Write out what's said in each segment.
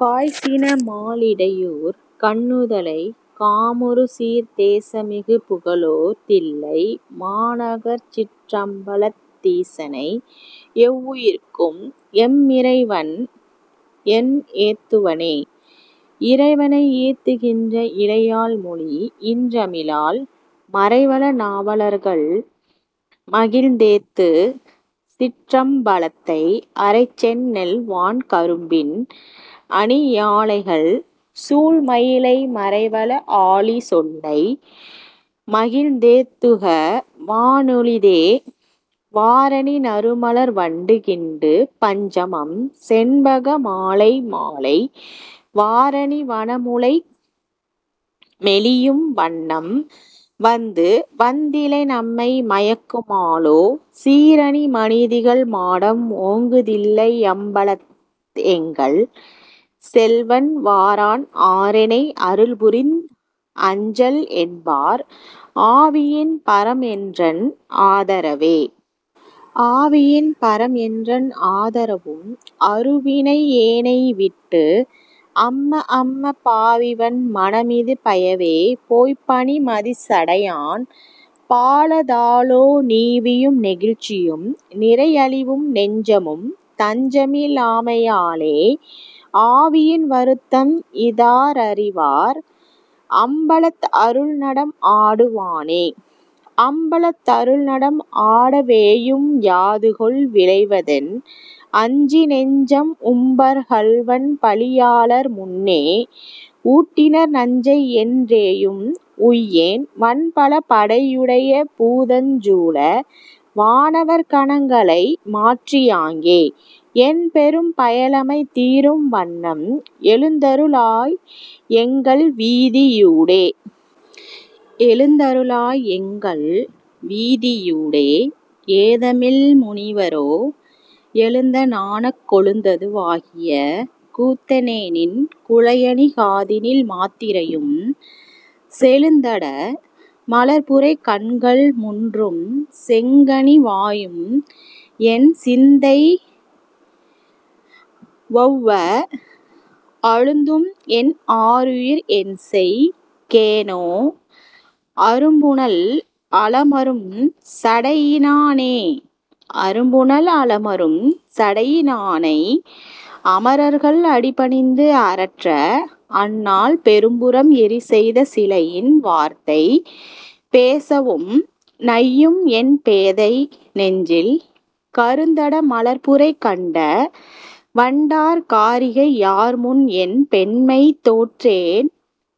காய்சின மால்லிடையூர் கண்ணுதலைக் காமருசீர்த் தேசமிகு புகழோர் தில்லைமாநகர்ச் சிற்றம்பலத் ஈசனை எவ்வுயிர்க்கும் எம்மிறைவன்என் ஏத்துவனே. இறைவனை ஏத்துகின்ற இளையாள்மொழி இன்றமிழால் மறைவல நாவலர்கள் மகிழ்ந்தேத்து சிற்றம்பலத்தை அறைசெந்நெல் வான்கரும்பின் அணியாலைகள் சூழ்மயிலை மறைவல ஆலிசொல்லை மகிழ்ந்தேத்துக வானெளிதே. வாரணி நறுமலர் வண்டு கிண்டு பஞ்சமம் செண்பக மாலைமாலை வாரணி வனமுலை மெலியும் வண்ணம் வந்து வந்திலைநம்மை மயக்குமாலோ சீரணி மணிதிகழ் மாடம் ஓங்கு தில்லையம்பலத் எங்கள் செல்வன் வாரான் ஆரெனை அருள்புரிந் அஞ்சல் என்பார் ஆவியின் பரம்என்றன் ஆதரவே. ஆவியின் பரம்என்றன் ஆதரவும் அருவினை யேனைவிட்டு அம்மஅம்ம பாவிவன் மனமிது பையவே போய்ப் பனிமதிச் சடையான் பாலதாலோ நீவியும் நெகிழ்ச்சியும் நிறையழிவும் நெஞ்சமும் தஞ்சமி லாமையாலே ஆவியின் வருத்தம் இதாரறிவார் அம்பலத் அருள்நடம் ஆடுவானே. அம்பலத் தருள்நடம் ஆடவேயும் யாதுகொல் விளைவதென் அஞ்சிநெஞ்சம் உம்பர்கள்வன்பழி யாளர்முன்னே ஊட்டினர் நஞ்சைஎன் றேயும் உய்யேன் வன்பல படையுடைய பூதஞ்சூழ வானவர் கணங்களை மாற்றியாங்கே என்பெரும் பயலமை தீரும்வண்ணம் எழுந்தரு ளாய்எங்கள் வீதியூடே! எழுந்தருளாய் எங்கள் வீதியூடே ஏதமில் முனிவரோ எழுந்தஞானக் கொழுந்தது வாகிய கூத்தனேநின் குழையணி காதினில் மாத்திரையும் செழுந்தட மலர்புரை கண்கள் முன்றும் செங்கனி வாயும்என் சிந்தைவெளவ அழுந்தும்என் ஆருயிர்க் என்செய் கேனோ? அரும்புனல் அலமரும் சடையினானே! அரும்புனல் அலமரும் சடையி னானை அமரர்கள் அடிபணிந்து அரற்ற அந்நாள் பெரும்புரம் எரிசெய்த சிலையின் வார்த்தை பேசவும் நையும் என் பேதை நெஞ்சில் கருந்தட மலர்புரை கண்ட வண்டார் காரிகை யார்முன்என் பெண்மை தோற்றேன்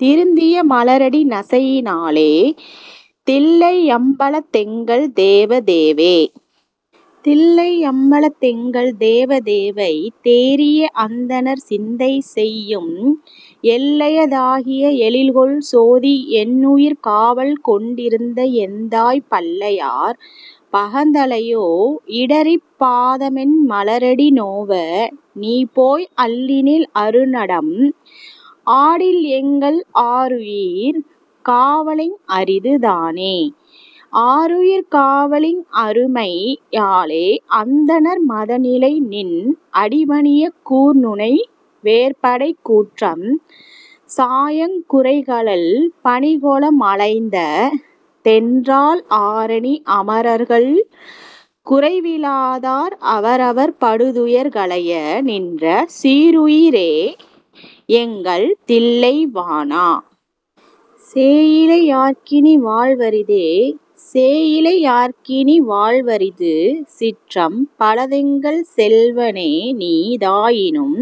திருந்திய மலரடி நசையி னாலே தில்லையம் பலத்தெங்கள் தேவ தேவே. தில்லையம் பலத்தெங்கள் தேவ தேவைத் தேறிய அந்தணர் சிந்தை செய்யும் எல்லைய தாகிய எழில்கொள் சோதி என்னுயிர் காவல்கொண் டிருந்த எந்தாய் பல்லையார் பகந்தலை யோ இடறிப் பாதமென் மலரடி நோவ நீபோய் அல்லினில் அருநடம் ஆடில் எங்கள் ஆருயிர் காவலிங் அரிது தானே. ஆருயிர் காவலிங் அருமை யாலே அந்தணர் மதலைநின் அடிபணியக் கூர்நுனை வேற்படைக்கூற்றம் சாயக் குரைகழல் பணிகொள மலைந்த தென்றால் ஆரனி அமரர்கள் குறைவி லாதார் அவரவர் படுதுயர் களைய நின்ற சீருயி ரேஎங்கள் தில்லை வாணா! சேயிழை யார்க்கினி வாழ்வரிதே. சேயிழை யார்க்கினி வாழ்வரிது சிற்றம் பலத்தெங்கள் செல்வ னேநீ தாயினும்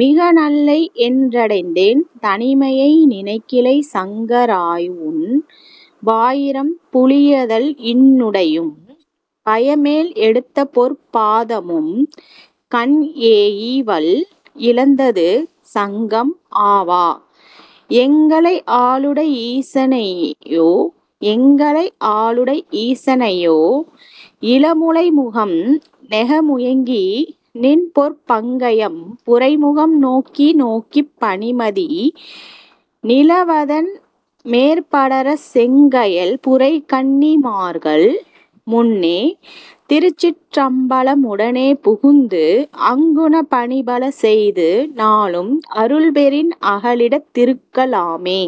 மிகநல்லை என்றடைந்தேன் தனிமையை நினைகிலை சங்க ராவுன் பாயிரம் புலியதள் இன்னுடையும் பையமேல் எடுத்தபொற் பாத மும்கண் ஏயிவல் இழந்தது சங்கம் ஆவா எங்களை ஆளுடை ஈச னேயோ. எங்களை ஆளுடை ஈசனையோ இளமுலை முகம்நெக முயங்கி நின்பொற் பங்கயம் புரைமுகம் நோக்கி நோக்கிப் பனிமதி நிலவதென் மேற்படரச் செங்கயல் புரைகண்ணி மார்கள் முன்னே திருச்சிற்றம் பலமுட னேபுகுந்து அங்குன பணிபல செய்து நாளும் அருள்பெறின் அகலிடத் திருக்கலாமே..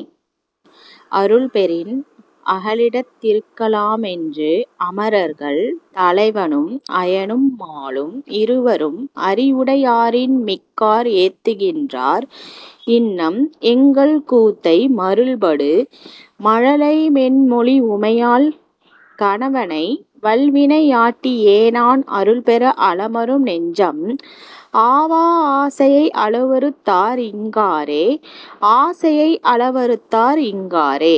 அருள்பெறின் அகலிடத் இருக்கலா மென்று அமரர்கள் தலைவனும் அயனும் மாலும் இருவரும் அறிவுடையாரின் மிக்கார் ஏத்துகின் றார் இன்னம் எங்கள்கூத்தை மருள்படு மழலைமென் மொழிவுமையாள் கணவனை வல்வினை யாட்டி யேனான் அருள்பெற அலமரும் நெஞ்சம் ஆவா ஆசையை அளவறுத் தார்இங் காரே? ஆசையை அளவறுத் தார்இங் காரே?